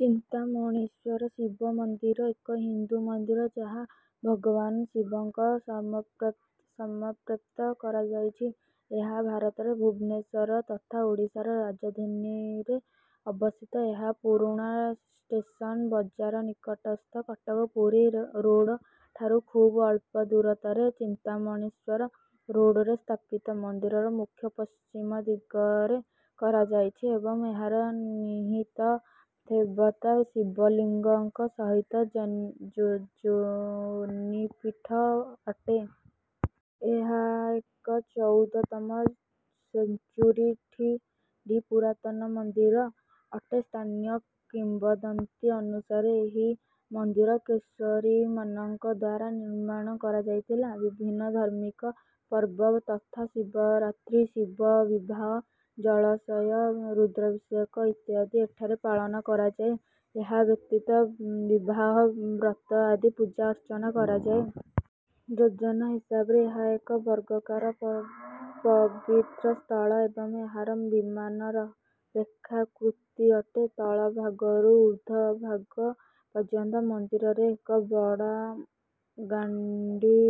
ଚିନ୍ତାମଣିଶ୍ୱର ଶିବ ମନ୍ଦିର ଏକ ହିନ୍ଦୁ ମନ୍ଦିର ଯାହା ଭଗବାନ ଶିବଙ୍କୁ ସମର୍ପିତ କରାଯାଇଛି। ଏହା ଭାରତରେ ଭୁବନେଶ୍ୱର ତଥା ଓଡ଼ିଶାର ରାଜଧାନୀରେ ଅବସ୍ଥିତ। ଏହା ପୁରୁଣା ଷ୍ଟେସନ ବଜାର ନିକଟସ୍ଥ କଟକ ପୁରୀ ରୋଡ ଠାରୁ ଖୁବ ଅଳ୍ପ ଦୂରତାରେ ଚିନ୍ତାମଣିଶ୍ୱର ରୋଡରେ ସ୍ଥାପିତ। ମନ୍ଦିରର ମୁଖ ପଶ୍ଚିମ ଦିଗରେ କରାଯାଇଛି ଏବଂ ଏହାର ନିହିତ ଦେବତା ଶିବ ଲିଙ୍ଗଙ୍କ ସହିତ ଯୋନୀପୀଠ ଅଟେ। ଏହା ଏକ ଚଉଦ ତମ ସେଞ୍ଚୁରୀ ଡି ପୁରାତନ ମନ୍ଦିର ଅଟେ। ସ୍ଥାନୀୟ କିମ୍ବଦନ୍ତୀ ଅନୁସାରେ ଏହି ମନ୍ଦିର କେଶରୀ ମାନଙ୍କ ଦ୍ୱାରା ନିର୍ମାଣ କରାଯାଇଥିଲା। ବିଭିନ୍ନ ଧାର୍ମିକ ପର୍ବ ତଥା ଶିବରାତ୍ରି, ଶିବ ବିବାହ, ଜଳାଶୟ, ରୁଦ୍ରାଭିଷେକ, ଇତ୍ୟାଦି ଏଠାରେ ପାଳନ କରାଯାଏ। ଏହା ବ୍ୟତୀତ ବିବାହ, ବ୍ରତ ଆଦି ପୂଜା ଅର୍ଚ୍ଚନା କରାଯାଏ। ଯୋଜନା ହିସାବରେ ଏହା ଏକ ବର୍ଗାକାର ପବିତ୍ର ସ୍ଥଳ ଏବଂ ଏହାର ବିମାନ ରେଖା କୃତି ଅଟେ। ତଳ ଭାଗରୁ ଉର୍ଦ୍ଧ ଭାଗ ପର୍ଯ୍ୟନ୍ତ ମନ୍ଦିରରେ ଏକ ବଡ଼ା, ଗଣ୍ଡି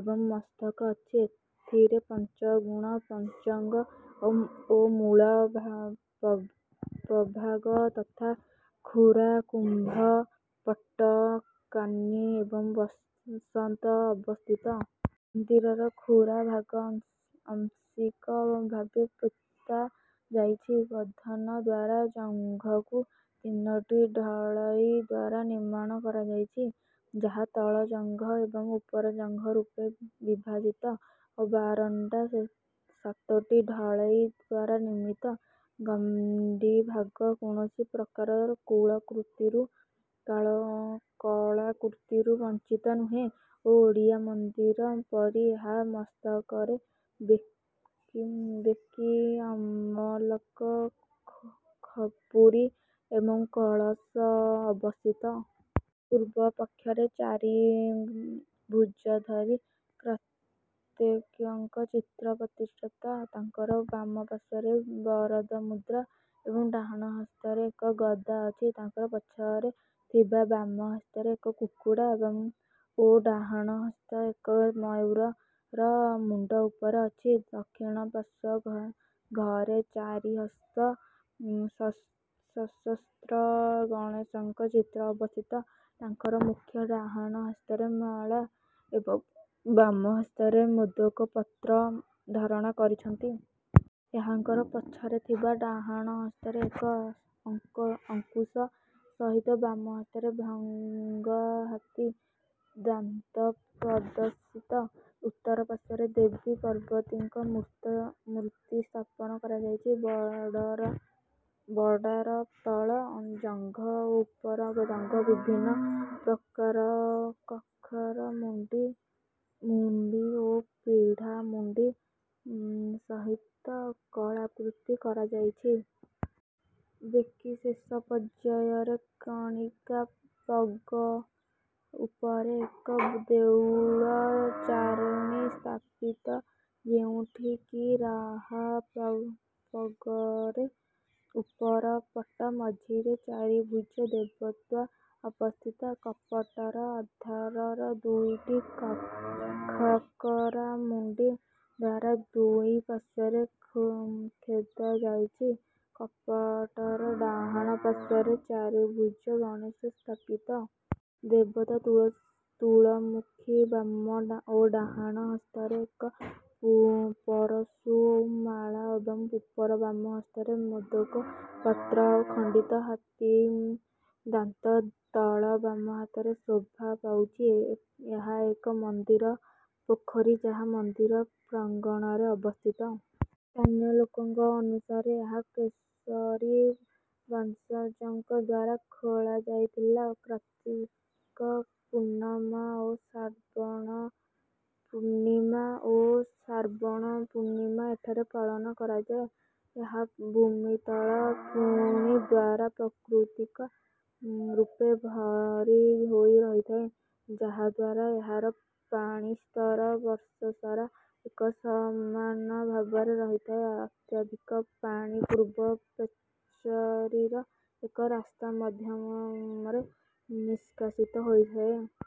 ଏବଂ ମସ୍ତକ ଅଛି। ଏଥିରେ ପାଞ୍ଚ ଗୁଣ ପଞ୍ଚାଙ୍ଗ ଓ ମୂଳ ଉପଭାଗ ତଥା ଖୁରା, କୁମ୍ଭ, ପଟ, କାନି ଏବଂ ବସନ୍ତ ଅବସ୍ଥିତ। ମନ୍ଦିରର ଖୁରା ଭାଗ ଆଂଶିକ ଭାବେ ପୋତା ଯାଇଛି। ବନ୍ଧନ ଦ୍ୱାରା ଜଙ୍ଘକୁ ତିନୋଟି ଢଳାଇ ଦ୍ୱାରା ନିର୍ମାଣ କରାଯାଇଛି, ଯାହା ତଳ ଜଙ୍ଘ ଏବଂ ଉପର ଜଙ୍ଘ ରୂପେ ବିଭାଜିତ ଓ ବାରଣ୍ଡା ସାତୋଟି ଢଳାଇ ଦ୍ୱାରା ନିର୍ମିତ। ଗଣ୍ଡି ଭାଗ କୌଣସି ପ୍ରକାର କଳାକୃତିରୁ ବଞ୍ଚିତ ନୁହେଁ ଓ ଓଡ଼ିଆ ମନ୍ଦିର ପରି ଏହାର ମସ୍ତକରେ ବେକି, ଅମଲାକ, ଖପୁରି ଏବଂ କଳସ ଅବସ୍ଥିତ। ପୂର୍ବ ପକ୍ଷରେ ଚାରି ଭୁଜଧାରୀ କାର୍ତ୍ତିକେୟଙ୍କ ଚିତ୍ର ପ୍ରତିଷ୍ଠିତ। ତାଙ୍କର ବାମ ପାର୍ଶ୍ୱରେ ବରଦମୁଦ୍ରା ଓ ଡାହାଣ ହସ୍ତରେ ଏକ ଗଦା ଅଛି। ତାଙ୍କର ପଛରେ ଥିବା ବାମ ହସ୍ତରେ ଏକ କୁକୁଡ଼ା ଓ ଡାହାଣ ହସ୍ତ ଏକ ମୟୂରର ମୁଣ୍ଡ ଉପରେ ଅଛି। ଦକ୍ଷିଣ ପାର୍ଶ୍ୱ ଘରେ ଚାରି ହସ୍ତ ସଶସ୍ତ୍ର ଗଣେଶଙ୍କ ଚିତ୍ର ଅବସ୍ଥିତ, ତାଙ୍କର ମୁଖ୍ୟ ଡାହାଣ ହସ୍ତରେ ମାଳା ଏବଂ ବାମ ହସ୍ତରେ ମୋଦକ ପତ୍ର ଧାରଣ କରିଛନ୍ତି। ଏହାଙ୍କର ପଛରେ ଥିବା ଡାହାଣ ହସ୍ତରେ ଏକ ଅଙ୍କୁଶ ସହିତ ବାମ ହସ୍ତରେ ଭଙ୍ଗା ହାତୀ ଦାନ୍ତ ପ୍ରଦର୍ଶିତ। ଉତ୍ତର ପାର୍ଶ୍ୱରେ ଦେବୀ ପାର୍ବତୀଙ୍କ ମୂର୍ତ୍ତି ସ୍ଥାପନ କରାଯାଇଛି। ବଡ଼ାର ତଳ ଜଙ୍ଘ ଓ ଉପର ଜଙ୍ଘ ବିଭିନ୍ନ ପ୍ରକାର ଖାଖରା ମୁଣ୍ଡି ଓ ପିଢ଼ା ମୁଣ୍ଡି ସହିତ କଳାକୃତି କରାଯାଇଛି। ବେକି ଶେଷ ପର୍ଯ୍ୟାୟରେ କଣିକା ପଗ ଉପରେ ଏକ ଦେଉଳ ଚାରିଣୀ ସ୍ଥାପିତ, ଯେଉଁଠି କି ରାହା ପଗର ଉପର ପଟ ମଝିରେ ଚାରି ଭୁଜା ଦେବତ୍ୱ ଅବସ୍ଥିତ। କପାଟର ଆଧାର ଦୁଇଟି ଖାଖରା ମୁଣ୍ଡି ଦ୍ୱାରା ଦୁଇ ପାର୍ଶ୍ୱରେ ଖୋଦା ଯାଇଛି। କପାଟର ଡାହାଣ ପାର୍ଶ୍ୱରେ ଚାରି ଭୁଜା ଗଣେଶ ସ୍ଥାପିତ। ଦେବତା ତଳମୁଖୀ ବାମ ଓ ଡାହାଣ ହସ୍ତରେ ଏକ ପରଶୁ ଓ ମାଳା ଏବଂ ଉପର ବାମ ହସ୍ତରେ ମୋଦକ ପତ୍ର ଓ ଖଣ୍ଡିତ ହାତୀ ଦାନ୍ତ ତଳ ବାମ ହାତରେ ଶୋଭା ପାଉଛି। ଏହା ଏକ ମନ୍ଦିର ପୋଖରୀ ଯାହା ମନ୍ଦିର ପ୍ରାଙ୍ଗଣରେ ଅବସ୍ଥିତ। ସ୍ଥାନୀୟ ଲୋକଙ୍କ ଅନୁସାରେ ଏହା କେଶରୀ ବଂଶଜଙ୍କ ଦ୍ୱାରା ଖୋଳା ଯାଇଥିଲା। କାର୍ତ୍ତିକ ପୂର୍ଣ୍ଣିମା ଓ ଶ୍ରାବଣ ପୂର୍ଣ୍ଣିମା ଏଠାରେ ପାଳନ କରାଯାଏ। ଏହା ଭୂମିତଳ ପାଣି ଦ୍ୱାରା ପ୍ରାକୃତିକ ରୂପେ ଭରି ହୋଇ ରହିଥାଏ, ଯାହା ଦ୍ୱାରା ଏହାର ପାଣି ସ୍ତର ବର୍ଷସାରା ଏକ ସମାନ ଭାବରେ ରହିଥାଏ। ଅତ୍ୟାଧିକ ପାଣି ପୂର୍ବ ପାଚେରୀର ଏକ ରାସ୍ତା ମାଧ୍ୟମରେ ନିଷ୍କାସିତ ହୋଇଥାଏ।